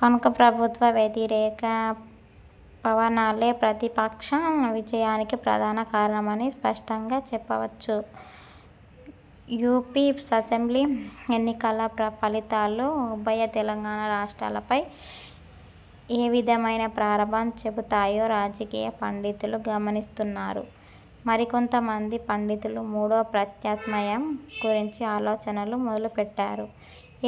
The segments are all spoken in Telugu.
కనుక ప్రభుత్వ వ్యతిరేక పవనాలే ప్రతిపక్షాల విజయానికి ప్రధాన కారణమని స్పష్టంగా చెప్పవచ్చు. యూపీ అసెంబ్లీ ఎన్నికల ఫలితాలు ఉభయ తెలుగు రాష్ట్రాలపై ఏవిధమైన ప్రభావం చూపుతాయో రాజకీయ పండితులు గమనిస్తున్నారు. మరికొంత మంది పండితులు మూడో ప్రత్యామ్నాయం గురించి ఆలోచనలు మొదలుపెట్టారు.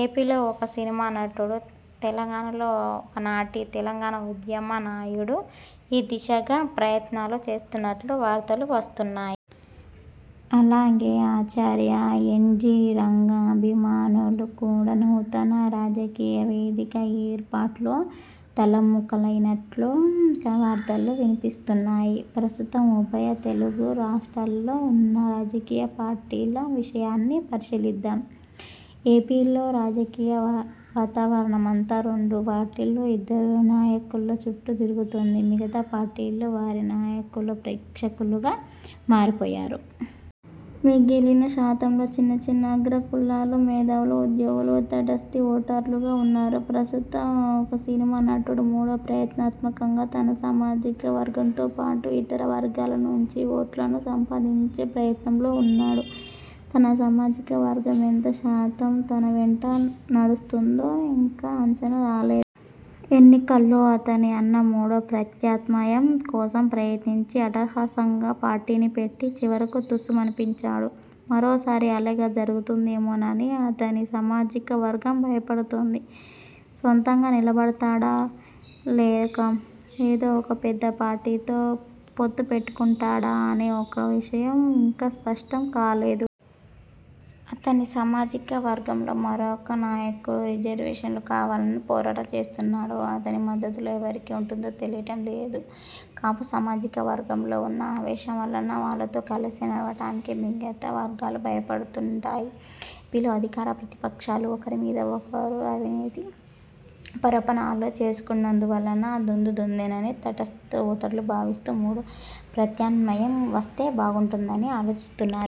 ఏపీలో ఒక సినిమా నటుడు, తెలంగాణలో ఒకనాటి తెలంగాణ ఉద్యమ నాయకుడు ఆ దిశగా ప్రయత్నాలు చేస్తున్నట్లు వార్తలు వస్తున్నాయి. అలాగే ఆచార్య ఎన్. జి. రంగా అభిమానులు కూడా నూతన రాజకీయ వేదిక ఏర్పాటులో తలమునకలైనట్లు వార్తలు వినిపిస్తున్నాయి. ప్రస్తుతం ఉభయ తెలుగు రాష్ట్రాల్లో ఉన్న రాజకీయ పార్టీల విషయాన్ని పరిశీలిద్దాం. ఏపీలో రాజకీయ వాతావరణమంతా రెండు పార్టీలు, ఇద్దరు నాయకుల చుట్టూ తిరుగుతున్నది. మిగతా పార్టీలు, వారి నాయకులు ప్రేక్షకులుగా మారిపోయారు. మిగిలిన శాతంలో చిన్న చిన్న అగ్రకులాలు, మేధావులు, ఉద్యోగులు తటస్థ ఓటర్లుగా ఉన్నారు. ప్రస్తుతం ఒక సినిమా నటుడు మూడో ప్రత్యామ్నాయంగా తన సామాజిక వర్గంతో పాటు ఇతర వర్గాల నుంచి ఓట్లను సంపాదించే ప్రయత్నంలో ఉన్నాడు. తన సామాజిక వర్గం ఎంత శాతం తన వెంట నడుస్తుందో ఇంకా అంచనా రాలేదు. ఎన్నికల్లో అతని అన్న మూడో ప్రత్యామ్నాయం కోసం ప్రయత్నించి అట్టహాసంగా పార్టీని పెట్టి చివరకు తుస్సుమనిపించాడు. మరోసారి అలాగే జరుగుతుందేమోనని అతని సామాజిక వర్గం భయపడుతుంది. సొంతంగా నిలబడతాడా లేక ఏదో ఒక పెద్ద పార్టీతో పొత్తు పెట్టుకుంటాడా అనే విషయం ఇంకా స్పష్టం కాలేదు. అతని సామాజిక వర్గంలో మరొక నాయకుడు రిజర్వేషన్లు కావాలని పోరాటం చేస్తున్నాడు. అతని మద్దతు ఎవరికి ఉంటుందో తెలియటం లేదు. కాపు సామాజిక వర్గంలో ఉన్న ఆవేశం వలన వాళ్ళతో కలిసి నడవటానికి మిగతా వర్గాలు భయపడుతుంటాయి. ఏపీలో అధికార, ప్రతిపక్షాలు ఒకరి మీద ఒకరు అవినీతి ఆరోపణలు చేసుకుంటున్నందు వలన దొందూ దొందేనని తటస్థ ఓటర్లు భావిస్తూ మూడో ప్రత్యామ్నాయం వస్తే బాగుంటుందని ఆలోచిస్తున్నారు.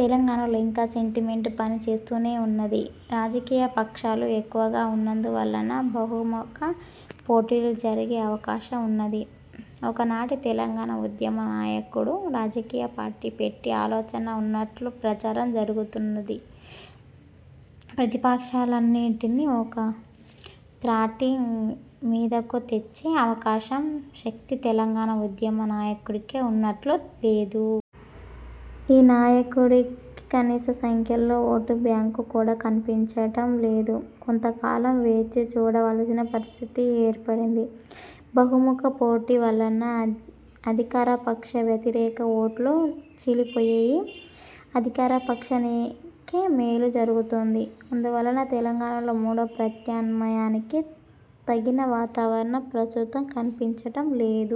తెలంగాణలో ఇంకా సెంటిమెంటు పనిచేస్తూనే ఉన్నది. రాజకీయ పక్షాలు ఎక్కువగా ఉన్నందువలన బహుముఖ పోటీ జరిగే అవకాశం ఉన్నది. ఒకనాటి తెలంగాణ ఉద్యమ నాయకుడు రాజకీయ పార్టీ పెట్టే ఆలోచన ఉన్నట్లు ప్రచారం జరుగుతున్నది. ప్రతిపక్షాలన్నింటిని ఒక త్రాటి మీదకు తెచ్చే అవకాశం, శక్తి తెలంగాణ ఉద్యమ నాయకుడికి ఉన్నట్లు లేదు. ఈ నాయకుడికి కనీస సంఖ్యలో ఓటు బ్యాంకు కూడా కనిపించటం లేదు. కొంత కాలం వేచి చూడవలసిన పరిస్థితి ఏర్పడింది. బహుముఖ పోటీ వలన అధికారపక్ష వ్యతిరేక ఓట్లు చీలిపోయి అధికార పక్షానికే మేలు జరుగుతుంది. అందువలన తెలంగాణలో మూడో ప్రత్యామ్నాయానికి తగిన వాతావరణం ప్రస్తుతం కనిపించటం లేదు.